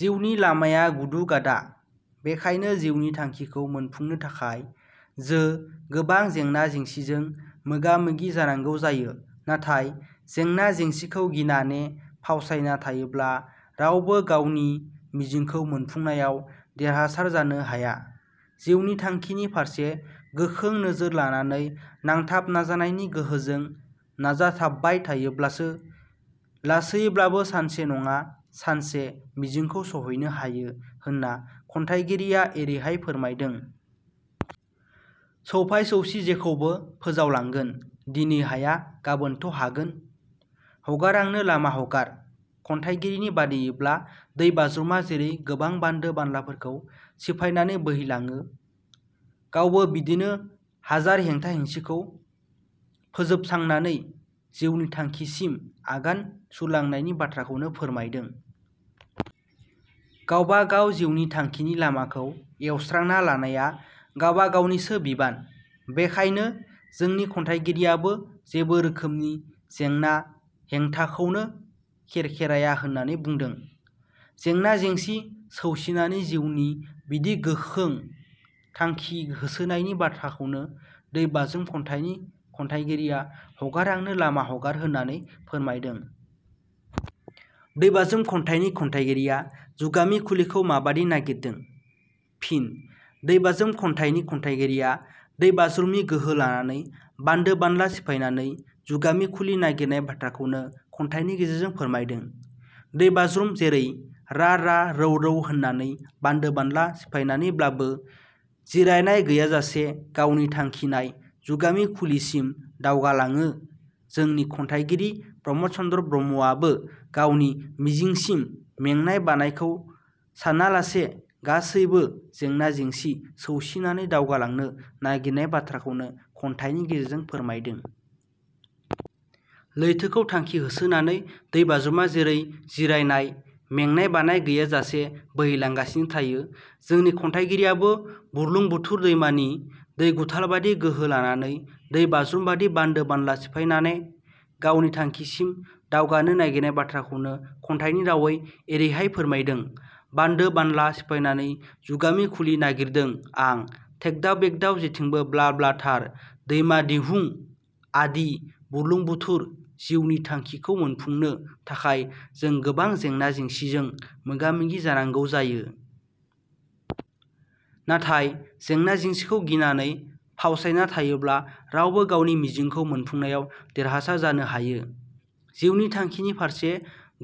जिउनि लामाया गुदु गादा, बेखायनो जिउनि थांखिखौ मोनफुंनो थाखाय जो गोबां जेंना-जेंसिजों मोगा मोगि जानांगौ जायो नाथाय जेंना जेंसिखौ गिनाने फावसायना थायोब्ला रावबो गावनि मिजिंखौ मोनफुंनायाव देरहासार जानो हाया। जिउनि थांखिनि फारसे गोखों नोजोर लानानै नांथाब नाजानायनि गोहोजों नाजाथाबबाय थायोब्लासो लासैयैब्लाबो सानसे नङा सानसे मिजिंखौ सहैनो हायो होनना खन्थाइगिरिया एरैहाय फोरमायदों-। सौफाइ सौसि जेखौबो फोजावलांगोन, दिनै हाया गाबोनथ' हागोन? हगार आंनो लामा हगार। खन्थाइगिरिनि बादियैब्ला दै बाज्रुमा जेरै गोबां बान्दो बानलाफोरखौ सिफायनानै बोहैलाङो गावबो बिदिनो हाजार हेंथा हेंसिखौ फोजोबसांनानै जिउनि थांखिसिम आगान सुरलांनायनि बाथ्राखौनो फोरमायदों। गावबा गाव जिउनि थांखिनि लामाखौ एवस्रांना लानाया गावबा गावनिसो बिबान। बेखायनो जोंनि खन्थाइगिरियाबो जेबो रोखोमनि जेंना-हेंथाखौनो खेरखेराया होननानै बुंदों। जेंना जेंसि सौसिनानै जिउनि बिदि गोखों थांखि होसोनायनि बाथ्राखौनो 'दै बाज्रुम' खन्थाइनि खन्थाइगिरिया हगार आंनो लामा हगार होननानै फोरमायदों।. 'दै बाज्रुम' खन्थाइनि खन्थाइगिरिया जुगामि खुलिखौ माबादि नागिरदों? फिन: 'दै बाज्रुम' खन्थाइनि खन्थाइगिरिया दै बाज्रुमनि गोहो लानानै बानदो बानला सिफायनानै जुगामि खुलि नागिरनाय बाथ्राखौनो खन्थाइनि गेजेरजों फोरमायदों। दै बाज्रुम जेरै रा रा रौ रौ होननानै बानदो बानला सिफायनानैब्लाबो जिरायनाय गैयाजासे गावनि थांखिनाय जुगामि खुलिसिम दावगालाङो जोंनि खन्थाइगिरि प्रमद चन्द्र ब्रह्मआबो गावनि मिजिंसिम मेंनाय-बानायखौ सानालासे गासैबो जेंना जेंसि सौसिनानै दावगालांनो नागिरनाय बाथ्राखौनो खन्थाइनि गेजेरजों फोरमायदों। लैथोखौ थांखि होसोनानै दै बाज्रुमा जेरै जिरायनाय, मेंनाय – बानाय गैयाजासे बोहैलांगासिनो थायो जोंनि खन्थाइगिरियाबो बुरलुं बुथुर दैमानि दै गुथालबादि गोहो लानानै, दै बाज्रुम बादि बानदो बानला सिफायनाने गावनि थांखिसिम दावगानो नागिरनाय बाथ्राखौनो खन्थाइनि रावै एरैहाय फोरमायदों- बानदो-बानला सिफायनानै जुगामि खुलि नागिरदों आं; थेगदाव बेगदाव जेथिंबो ब्ला ब्लाथार, दैमा दिहुं आदि बुरलुंबुथुर- जिउनि थांखिखौ मोनफुंनो थाखाय जों गोबां जेंना-जेंसिजों मोगा मोगि जानांगौ जायो। नाथाय जेंना जेंसिखौ गिनानै फावसायना थायोब्ला रावबो गावनि मिजिंखौ मोनफुंनायाव देरहासार जानो हायो। जिउनि थांखिनि फारसे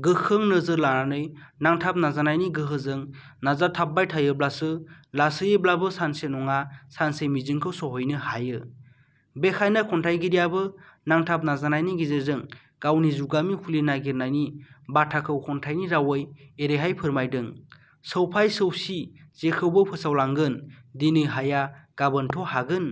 गोखों नोजोर लानानै नांथाब नाजानायनि गोहोजों नाजाथाबबाय थायोब्लासो लासैयैब्लाबो सानसे नङा सानसे मिजिंखौ सहैनो हायो। बेखायनो खन्थाइगिरियाबो नांथाब नाजानायनि गेजेरजों गावनि जुगामि खुलि नागिरनायनि बाथाखौ खन्थाइनि रावै एरैहाय फोरमायदों- सौफाइ सौसि जेखौबो फोजावलांगोन, दिनै हाया गाबोनथ' हागोन?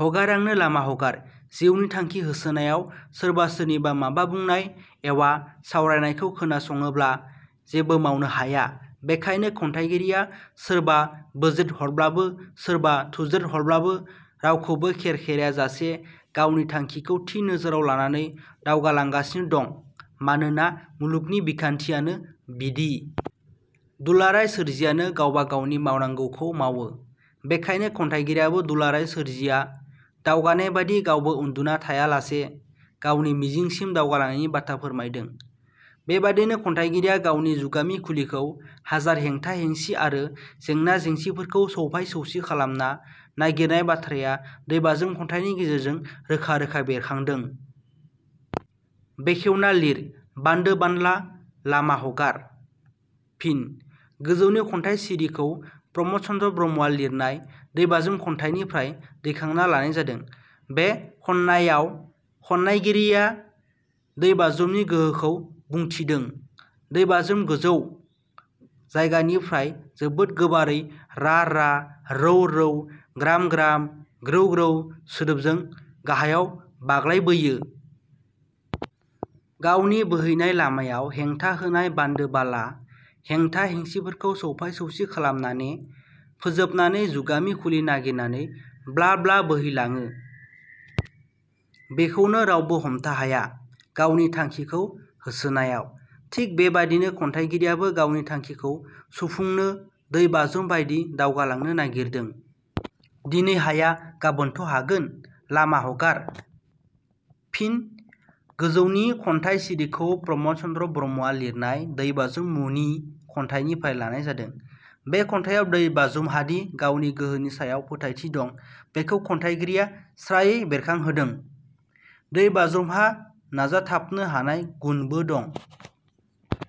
हगार आंनो लामा हगार। जिउनि थांखि होसोनायाव सोरबा सोरनिबा माबा बुंनाय एवा सावरायनायखौ खोनासङोब्ला जेबो मावनो हाया, बेखायनो खन्थाइगिरिया सोरबा बोज्रेदहरब्लाबो सोरबा थुज्रेदहरब्लाबो रावखौबो खेरखेरायाजासे गावनि थांखिखौ थि नोजोराव लानानै दावगालांगासिनो दं। मानोना मुलुगनि बिखान्थियानो बिदि। दुलाराय सोरजियानो गावबा गावनि मावनांगौखौ मावो। बेखायनो खन्थाइगिरियाबो दुलाराय सोरजिया दावगानाय बादि गावबो उन्दुना थायालासे गावनि मिजिंसिम दावगालांनायनि बाथ्रा फोरमायदों। बेबादिनो खन्थाइगिरिया गावनि जुगामि खुलिखौ हाजार हेंथा हेंसि आरो जेंना-जेंसिफोरखौ सौफाय सौसि खालामना नागिरनाय बाथ्राया दै बाज्रुम खन्थाइनि गेजेरजों रोखा रोखा बेरखांदों। बेखेवना लिर बान्दो बानला……. लामा हगार। फिनः गोजौनि खन्थाइ सिरिखौ प्रमद चन्द्र ब्रह्मआ लिरनाय 'दै बाज्रुम' खन्थाइनिफ्राय दैखांना लानाय जादों। बे खन्याइयाव खन्याइगिरिया दै बाज्रुमनि गोहोखौ बुंथिदों। दै बाज्रुम गोजौ जायगानिफ्राय जोबोद गोबारै रा रा रौ रौ ग्राम ग्राम ग्रौ ग्रौ सोदोबजों गाहायाव बाग्लायबोयो। गावनि बोहैनाय लामायाव हेंथा होनाय बान्दो-बाला हेंथा-हेंसिफोरखौ सौफाय-सौसि खालामनाने फोजोबनानै जुगामि खुलि नागिरनानै ब्ला ब्ला बोहै लाङो। बेखौ रावबो हमथाहाया गावनि थांखिखौ होसोनायाव। थिग बेबादिनो खन्थाइगिरियाबो गावनि थांखिखौ सुफुंनो दै बाज्रुम बायदि दावगालांनो नागिरदों। दिनै हाया गाबोनथ' हागोन…….. लामा हगार। फिनः गोजौनि खन्थाइ सिरिखौ प्रमद चन्द्र ब्रह्म लिरनाय "दै बाज्रुम' मुनि खन्थाइनिफ्राय लानाय जादों। बे खन्थाइयाव दै बाज्रुमहादि गावनि गोहोनि सायाव फोथायथि दं बेखौ खन्थाइगिरिया स्रायै बेरखांहोदों। दै बाज्रुमहा नाजाथाबनो हानाय गुनबो दं।